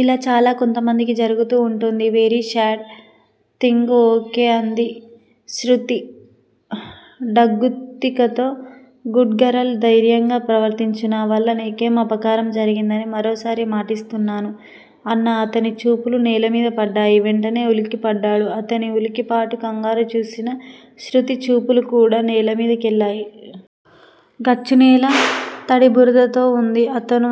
ఇలా చాలా కొద్దిమందికి జరుగుతూ ఉంటుంది. Very sad thing. Okay అంది శృతి డగ్గుత్తికతో. Good girl! ధైర్యంగా ప్రవర్తించు. నావల్ల నీకేం అపకారం జరగదని మరోసారి మాటిస్తున్నాను అన్న అతని చూపులు నేలమీద పడ్డాయి. వెంటనే ఉలిక్కిపడ్డాడు. అతని ఉలికిపాటు, కంగారుచూసిన శృతిచూపులుకూడా నేలమీద కెళ్ళాయి. గచ్చునేల తడి బురదతో వుంది. అతను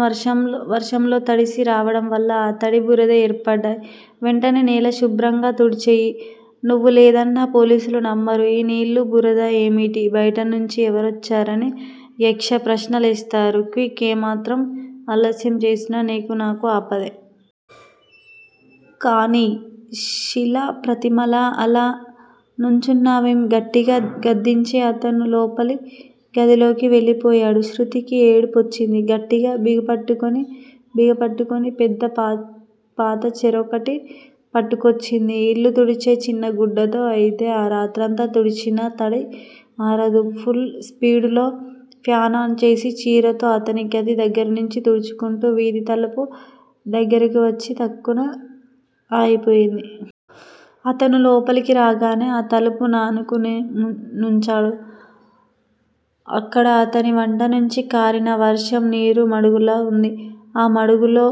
వర్షంలో తడిసి రావడంవల్ల ఆ తడి, బురద ఏర్పడ్డాయి. వెంటనే నేల శుభ్రంగాతుడిచెయ్యి. నువ్వు లేదన్నా పోలీసులు నమ్మరు. ఈ నీళ్ళు, బురద ఏమిటి? బైటనుంచి ఎవరొచ్చారని యక్షప్రశ్నలేస్తారు. క్విక్. ఏమాత్రం ఆలస్యం చేసినా నీకు నాకు ఆపదే. కానియ్! శిలాప్రతిమలా అలా నుంచున్నావేం? గట్టిగా గద్దించి అతను లోపలి గదిలోకి వెళ్ళిపోయాడు. శృతికి ఏడుపోచ్చింది. గట్టిగా బిగపట్టుకొని పెద్ద పాతచెరొకటి పట్టుకొచ్చింది. ఇల్లు తుడిచే చిన్న గుడ్డతో అయితే ఆ రాత్రంతా తుడిచినా తడి ఆరదు. పుల్ స్పీడులో ఫ్యాను ఆన్ చేసి చీరతో అతని గది దగ్గరనుంచి తుడుచుకుంటూ వీధి తలుపు దగ్గరకు వచ్చి తక్కున ఆగిపోయింది. అతను లోపలికి రాగానే ఆ తలుపు నానుకునే నుంచడు. అక్కడ అతని వంటినుంచి కారిన వర్షం నీరు మడుగులా వుంది. ఆ మడుగులో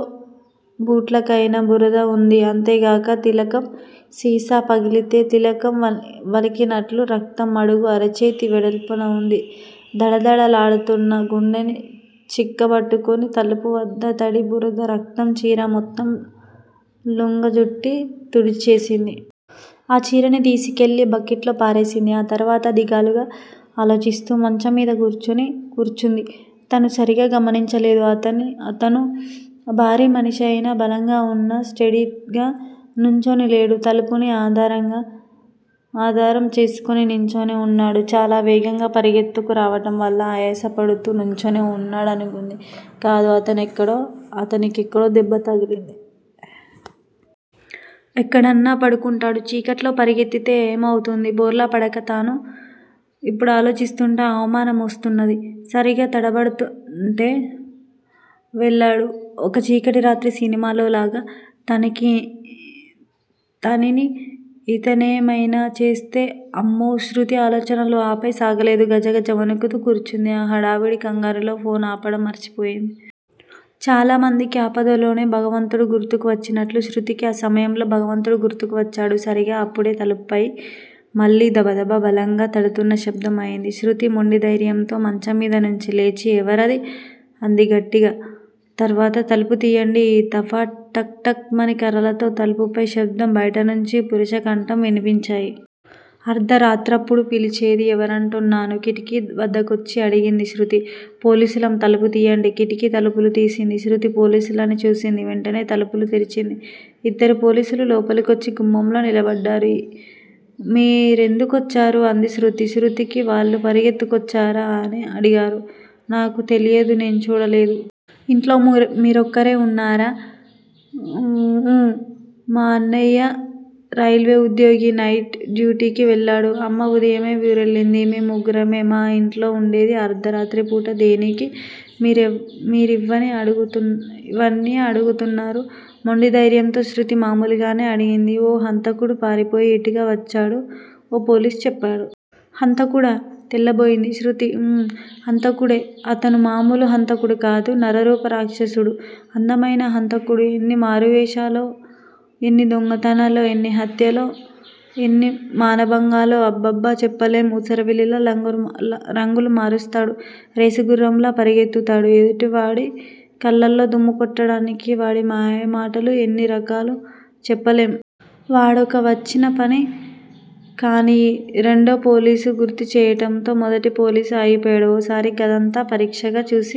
బూట్లకయిన బురద వుంది అంతేగాక తిలకం సీసా పగిలితే తిలకం వలికినట్లు రక్తం మడుగు అరచేతి వెడల్పున వుంది. దడదడలాడుతున్న గుండెని చిక్కబట్టుకుని తలుపువద్ద తడి, బురద, రక్తం చీరమొత్తం లుంగజుట్టి తుడిచేసింది. ఆ చీరని తీసుకెళ్ళి బక్కెట్లోపారేసింది. ఆతర్వాత దిగాలుగా ఆలోచిస్తూ మంచంమీద కూర్చుంది. తను సరిగా గమనించలేదు. అతను భారీమనిషయినా, బలంగా వున్నా స్టేడీగా నుంచొని లేడు. తలుపుని ఆధారం చేసుకుని నించొని వున్నాడు. చాలా వేగంగా పరుగెత్తుకు రావటంవల్ల ఆయాసపడుతూ నుంచొని వున్నాడనుకుంది. కాదు అతనికెక్కడో దెబ్బతగిలింది. ఎక్కడన్నాపడుంటాడు. చీకట్లో పరిగెత్తితే ఏమవుతుంది, బోర్లాపడక. తను ఇప్పుడాలోచిస్తుంటే అనుమాన మొస్తున్నది. సరిగా తడపడబడుతుంటే వెళ్ళాడు. ఒక చీకటిరాత్రి సినిమాలోలాగా తనిని ఇతనేమైనా చేస్తే, అమ్మో! శృతి ఆలోచనలు ఆపై సాగలేదు. గజగజ వణుకుతూ కూర్చుంది. ఆ హడావుడి కంగారులో ఫాన్ ఆపడం మర్చి పోయింది. చాలామందికి ఆపదలోనే భగవంతుడు గుర్తుకు వచ్చినట్లు శృతికి ఈ సమయంలో భగవంతుడు గుర్తుకు వచ్చాడు. సరిగా అప్పుడే తలుపుపై మళ్ళీ దబదబ బలంగా తడుతున్న శబ్దం అయింది. శృతి మొండిదైర్యంతో మంచంమీదనుంచి లేచి ఎవరది? అంది గట్టిగా. త్వరగా తలుపుతీయండి. ఈ తఫా టక్ టక్ మని కర్రతో తలుపుపై శబ్దం, బైటనుంచి పురుషకంఠం వినిపించాయి. అర్థరాత్రప్పుడు పిలిచేది ఎవరంటున్నాను? కిటికీ వద్దకొచ్చి అడిగింది శృతి. పోలీసులం, తలుపుతీయండి. కిటికీ తలుపులు తీసింది శృతి, పోలీసులని చూసింది. వెంటనే తలుపులు తెరిచింది. ఇద్దరు పోలీసులు లోపలికొచ్చి గుమ్మంలో నిలబడ్డారు. మీ రెందుకొచ్చారు? అంది శృతి. శృతికి వాళ్ళు పరుగెత్తుకొచ్చారా? అని అడిగారు. నాకు తెలియదు నే చూడలేదు. ఇంట్లో మీరొక్కరే వున్నారా? ఊ మాఅన్నయ్య రైల్వేఉద్యోగి. నైట్ డ్యూటీకి వెళ్ళాడు. అమ్మ ఉదయమే ఊరెళ్ళింది. మేం ముగ్గురమే మా యింట్లో వుండేది. అర్థరాత్రిపూట దేనికి మీరివన్నీ అడుగుతున్నారు? మొండిధైర్యంతో శృతి మామూలుగానే అడిగింది. ఓ హంతకుడు పారిపోయి ఇటుగా వచ్చాడు ఓ పోలీసు చెప్పాడు. హంతకుడా? తెల్లబోయింది శృతి.! హంతకుడే-అతను మామూలు హంతకుడుకాదు నరరూపరాక్షిసుడు, అందమైన హంతకుడు! ఎన్ని మారువేశాలో, ఎన్ని దొంగతనాలో, ఎన్ని హత్యలో, ఎన్ని మానభంగాలో, అబ్బబ్బ చెప్పలేం. ఊసరవెల్లిలా రంగులు మారుస్తాడు, రేసుగుర్రంలా పరుగెత్తుతాడు. ఎదుటివాడి కళ్ళలో దుమ్ము కొట్టడానికి వాడి మాయమాటలు ఎన్ని రకాలో చెప్పలేం. వాడొక వచ్చినపని కానియ్యి రెండోపోలీసు గుర్తుచేయటంతో మొదటి పోలీసు ఆగిపోయాడు. ఓసారి గదంతా పరీక్షగా చూసి